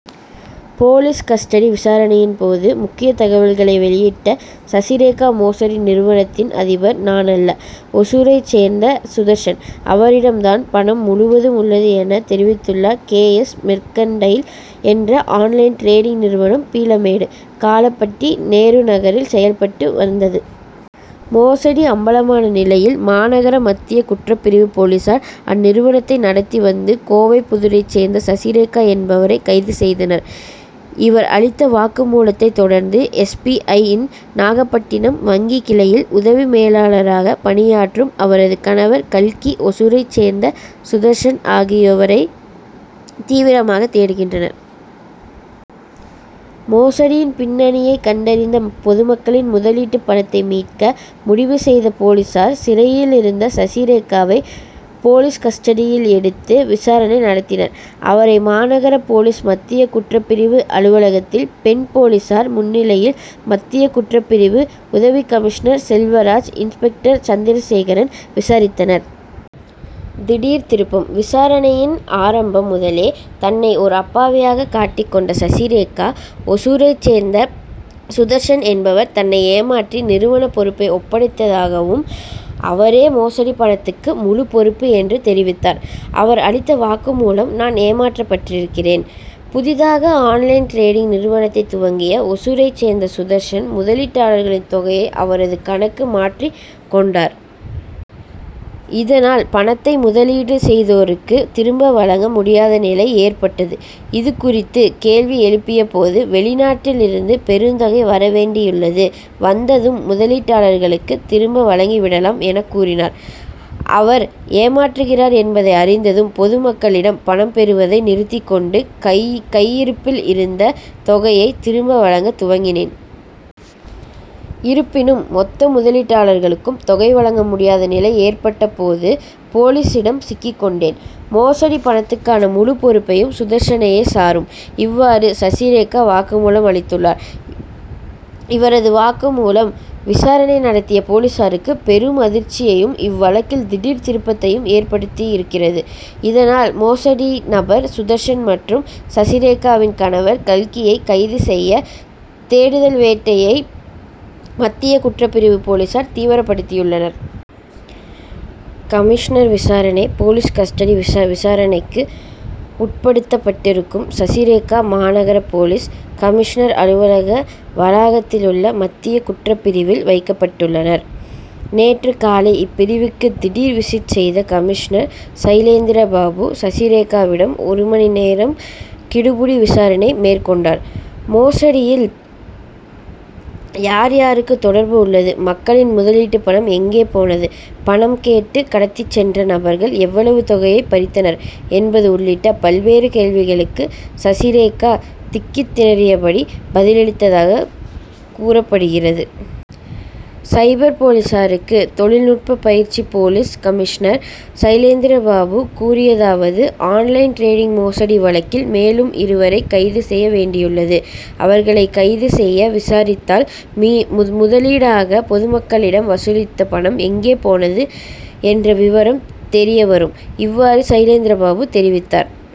Police custody விசாரணையின் போது முக்கிய தகவல்களை வெளியிட்ட சசிரேகா மோசடி நிறுவனத்தின் அதிபர் நானல்ல ஓசூரைச் சேர்ந்த சுதர்சன். அவரிடம் தான் பணம் முழுவதும் உள்ளது என தெரிவித்துள்ளார். கே. எஸ். மெர்கன்டைல் என்ற ஆன்-லைன் டிரேடிங் நிறுவனம் பீளமேடு காளப்பட்டி நேரு நகரில் செயல்பட்டு வந்தது. மோசடி அம்பலமான நிலையில் மாநகர மத்திய குற்றப்பிரிவு போலீசார் அந்நிறுவனத்தை நடத்தி வந்த கோவைப்புதூரைச் சேர்ந்த சசிரேகா என்பவரை கைது செய்தனர். இவர் அளித்த வாக்குமூலத்தை தொடர்ந்து எஸ். பி. ஐ.யின் நாகபட்டினம் வங்கி கிளையில் உதவி மேலாளராக பணியாற்றும் அவரது கணவர் கல்கி ஓசூரைச் சேர்ந்த சுதர்சன் ஆகியோரை தீவிரமாக தேடுகின்றனர். மோசடியின் பின்னணியை கண்டறிந்து பொதுமக்களின் முதலீட்டு பணத்தை மீட்க முடிவு செய்த போலீசார் சிறையிலிருந்த சசிரேகாவை போலீஸ் கஸ்டடியில் எடுத்து விசாரணை நடத்தினர். அவரை மாநகர போலீஸ் மத்திய குற்றப்பிரிவு அலுவலகத்தில் பெண் போலீசார் முன்னிலையில் மத்திய குற்றப்பிரிவு உதவிக்கமிஷனர் செல்வராஜ் இன்ஸ்பெக்டர் சந்திரசேகரன் விசாரித்தனர். திடீர் திருப்பம் விசாரணையின் ஆரம்பம் முதலே தன்னை ஓர் அப்பாவியாக காட்டிக் கொண்ட சசிரேகா ஓசூரைச் சேர்ந்த சுதர்சன் என்பவர் தன்னை ஏமாற்றி நிறுவன பொறுப்பை ஒப்படைத்ததாகவும் அவரே மோசடி பணத்துக்கு முழுப் பொறுப்பு என்றும் தெரிவித்தார். அவர் அளித்த வாக்குமூலம் நான் ஏமாற்றப்பட்டிருக்கிறேன். புதிதாக ஆன்-லைன் டிரேடிங் நிறுவனத்தை துவக்கிய ஒசூரைச் சேர்ந்த சுதர்சன் முதலீட்டாளர்களின் தொகையை அவரது கணக்குக்கு மாற்றிக் கொண்டார். இதனால் பணத்தை முதலீடு செய்தோருக்கு திரும்ப வழங்க முடியாத நிலை ஏற்பட்டது. இது குறித்து கேள்வி எழுப்பியபோது வெளிநாட்டில் இருந்து பெருந்தொகை வரவேண்டியுள்ளது வந்ததும் முதலீட்டாளர்களுக்கு திரும்ப வழங்கி விடலாம் எனக் கூறினார். அவர் ஏமாற்றுகிறார் என்பதை அறிந்ததும் பொதுமக்களிடம் பணம் பெறுவதை நிறுத்திக்கொண்டு கையிருப்பில் இருந்த தொகையை திரும்ப வழங்க துவங்கினேன். இருப்பினும் மொத்த முதலீட்டாளர்களுக்கும் தொகை வழங்க முடியாத நிலை ஏற்பட்ட போது போலீசிடம் சிக்கிக்கொண்டேன். மோசடி பணத்துக்கான முழு பொறுப்பும் சுதர்சனையே சாரும். இவ்வாறு சசிரேகா வாக்குமூலம் அளித்துள்ளார். இவரது வாக்குமூலம் விசாரணை நடத்திய போலீசாருக்கு பெரும் அதிர்ச்சியையும் இவ்வழக்கில் திடீர் திருப்பத்தையும் ஏற்படுத்தியிருக்கிறது. இதனால் மோசடி நபர் சுதர்சன் மற்றும் சசிரேகாவின் கணவர் கல்கியை கைது செய்ய தேடுதல் வேட்டையை மத்திய குற்றப்பிரிவு போலீசார் தீவிரப்படுத்தியுள்ளனர். கமிஷனர் விசாரணை போலீஸ் கஸ்டடி விசாரணைக்கு உட்படுத்தப் பட்டிருக்கும் சசிரேகா மாநகர போலீஸ் கமிஷனர் அலுவலக வளாகத்திலுள்ள மத்திய குற்றப்பிரிவில் வைக்கப்பட்டுள்ளார். நேற்று காலை இப்பிரிவுக்கு திடீர் விசிட் செய்த கமிஷனர் சைலேந்திரபாபு சசிரேகாவிடம் ஒரு மணி நேரம் கிடுக்கிப்பிடி விசாரணை மேற்கொண்டார். மோசடியில் யார் யாருக்கு தொடர்பு உள்ளது மக்களின் முதலீட்டு பணம் எங்கே போனது பணம் கேட்டு கடத்திச்சென்ற நபர்கள் எவ்வளவு தொகையை பறித்தனர் என்பது உள்ளிட்ட பல்வேறு கேள்விகளுக்கும் சசிரேகா திக்கித் திணறியபடியே பதிலளித்தாக கூறப்படுகிறது. சைபர் போலீசாருக்கு தொழில்நுட்ப பயிற்சி போலீஸ் கமிஷனர் சைலேந்திரபாபு கூறியதாவது ஆன்-லைன் டிரேடிங் மோசடி வழக்கில் மேலும் இருவரை கைது செய்ய வேண்டியுள்ளது. அவர்களை கைது செய்து விசாரித்தால் முதலீடாக பொதுமக்களிடம் வசூலித்த பணம் எங்கே போனது என்ற விவரம் தெரியவரும். இவ்வாறு சைலேந்திரபாபு தெரிவித்தார்.